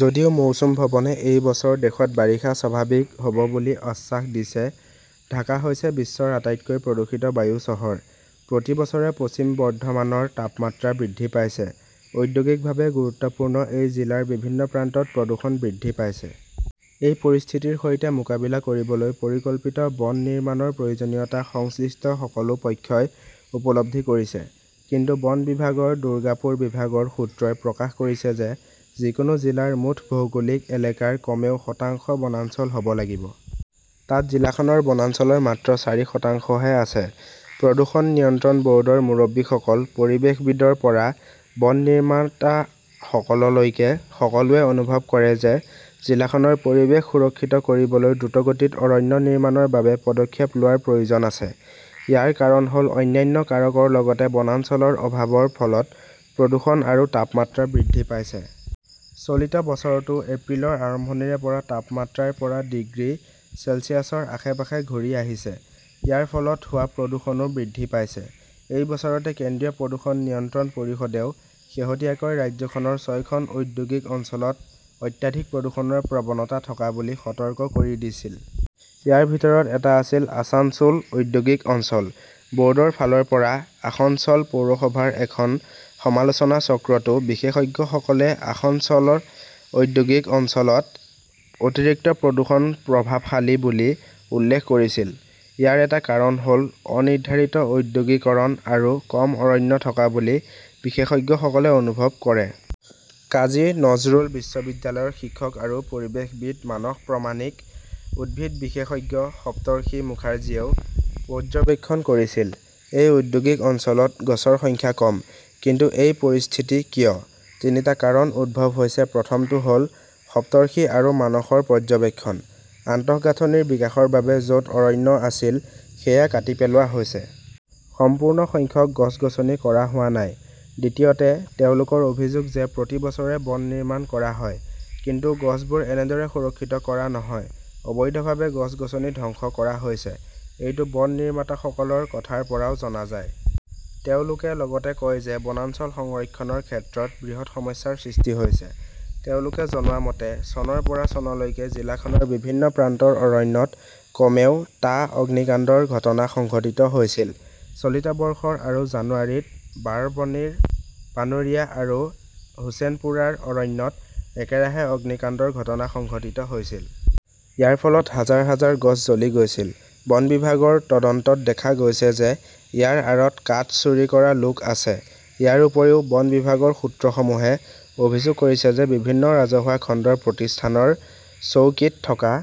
যদিও মৌচুম ভৱনে এই বছৰ দেশত বাৰিষা স্বাভাৱিক হ'ব বুলি আশ্বাস দিছে। ঢাকা হৈছে বিশ্বৰ আটাইতকৈ প্ৰদূষিত বায়ু চহৰ। প্ৰতি বছৰে পশ্চিম বৰ্ধমানৰ তাপমাত্ৰা বৃদ্ধি পাইছে। ঔদ্যোগিকভাৱে গুৰুত্বপূৰ্ণ এই জিলাৰ বিভিন্ন প্ৰান্তত প্ৰদূষণ বৃদ্ধি পাইছে। এই পৰিস্থিতিৰ সৈতে মোকাবিলা কৰিবলৈ পৰিকল্পিত বন নিৰ্মাণৰ প্ৰয়োজনীয়তা সংশ্লিষ্ট সকলো পক্ষই উপলব্ধি কৰিছে। কিন্তু বন বিভাগৰ দুৰ্গাপুৰ বিভাগৰ সূত্ৰই প্ৰকাশ কৰিছে যে যিকোনো জিলাৰ মুঠ ভৌগোলিক এলেকাৰ কমেও শতাংশ বনাঞ্চল হ 'ব লাগিব। তাত জিলাখনৰ বনাঞ্চলৰ মাত্ৰ চাৰি শতাংশহে আছে। প্ৰদূষণ নিয়ন্ত্ৰণ ব "ৰ্ডৰ মুৰব্বীসকল, পৰিৱেশবিদৰ পৰা বন নিৰ্মাতাসকললৈকে সকলোৱে অনুভৱ কৰে যে জিলাখনৰ পৰিৱেশ সুৰক্ষিত কৰিবলৈ দ্ৰুতগতিত অৰণ্য নিৰ্মাণৰ বাবে পদক্ষেপ লোৱাৰ প্ৰয়োজন আছে। ইয়াৰ কাৰণ হ "ল অন্যান্য কাৰকৰ লগতে বনাঞ্চলৰ অভাৱৰ ফলত প্ৰদূষণ আৰু তাপমাত্ৰা বৃদ্ধি পাইছে। চলিত বছৰতো এপ্ৰিলৰ আৰম্ভণিৰে পৰা তাপমাত্ৰা ৰ পৰা ডিগ্ৰী চেলছিয়াছৰ আশে-পাশে ঘূৰি আহিছে। ইয়াৰ ফলত হোৱা প্ৰদূষণও বৃদ্ধি পাইছে। এই বছৰতে কেন্দ্ৰীয় প্ৰদূষণ নিয়ন্ত্ৰণ পৰিষদেও শেহতীয়াকৈ ৰাজ্যখনৰ ছয়খন ঔদ্যোগিক অঞ্চলক অত্যাধিক প্ৰদূষণৰ প্ৰৱণতা থকা বুলি সতৰ্ক কৰি দিছিল। ইয়াৰ ভিতৰত এটা আছিল আছানছোল ঔদ্যোগিক অঞ্চল। ব "ৰ্ডৰ ফালৰ পৰা আসনছ" ল পৌৰসভাৰ এখন সমালোচনাচক্ৰতো বিশেষজ্ঞসকলে আসনছ "ল ঔদ্যোগিক অঞ্চলক অতিৰিক্ত 'প্ৰদূষণ-প্ৰভাৱশালী" বুলি উল্লেখ কৰিছিল। ইয়াৰ এটা কাৰণ হ "ল অনিৰ্ধাৰিত ঔদ্যোগিকৰণ আৰু কম অৰণ্য থকা বুলি বিশেষজ্ঞসকলে অনুভৱ কৰে। কাজী নজৰুল বিশ্ববিদ্যালয়ৰ শিক্ষক আৰু পৰিৱেশবিদ মানস প্ৰমাণিক, উদ্ভিদ বিশেষজ্ঞ সপ্তৰ্ষী মুখাৰ্জীয়েও পৰ্যবেক্ষণ কৰিছিল, "এই ঔদ্যোগিক অঞ্চলত গছৰ সংখ্যা কম। "কিন্তু এই পৰিস্থিতি কিয়? তিনিটা কাৰণ উদ্ভৱ হৈছে-প্ৰথমটো হ "ল সপ্তৰ্ষী আৰু মানসৰ পৰ্যবেক্ষণঃ" আন্তঃগাঁথনিৰ বিকাশৰ বাবে য "ত অৰণ্য আছিল সেয়া কাটি পেলোৱা হৈছে। সম্পূৰ্ণ সংখ্যক গছ-গছনি কৰা হোৱা নাই। "দ্বিতীয়তে, তেওঁলোকৰ অভিযোগ যে প্ৰতি বছৰে বন নিৰ্মাণ কৰা হয়। কিন্তু গছবোৰ এনেদৰে সুৰক্ষিত কৰা নহয়। অবৈধভাৱে গছ-গছনি ধ্বংস কৰা হৈছে। এইটো বন নিৰ্মাতাসকলৰ কথাৰ পৰাও জনা যায়। তেওঁলোকে লগতে কয় যে বনাঞ্চল সংৰক্ষণৰ ক্ষেত্ৰত বৃহৎ সমস্যাৰ সৃষ্টি হৈছে। তেওঁলোকে জনোৱা মতে, চনৰ পৰা চনলৈকে জিলাখনৰ বিভিন্ন প্ৰান্তৰ অৰণ্যত কমেও টা অগ্নিকাণ্ডৰ ঘটনা সংঘটিত হৈছিল। চলিত বৰ্ষৰ আৰু জানুৱাৰীত বাৰাবনীৰ পানুৰিয়া আৰু হোচেনপুৰাৰ অৰণ্যত একেৰাহে অগ্নিকাণ্ডৰ ঘটনা সংঘটিত হৈছিল। ইয়াৰ ফলত হাজাৰ হাজাৰ গছ জ্বলি গৈছিল। বন বিভাগৰ তদন্তত দেখা গৈছে যে ইয়াৰ আঁৰত কাঠ চুৰি কৰা লোক আছে। ইয়াৰ উপৰিও, বন বিভাগৰ সূত্ৰসমূহে অভিযোগ কৰিছে যে বিভিন্ন ৰাজহুৱা খণ্ডৰ প্ৰতিষ্ঠানৰ চৌকীত থকা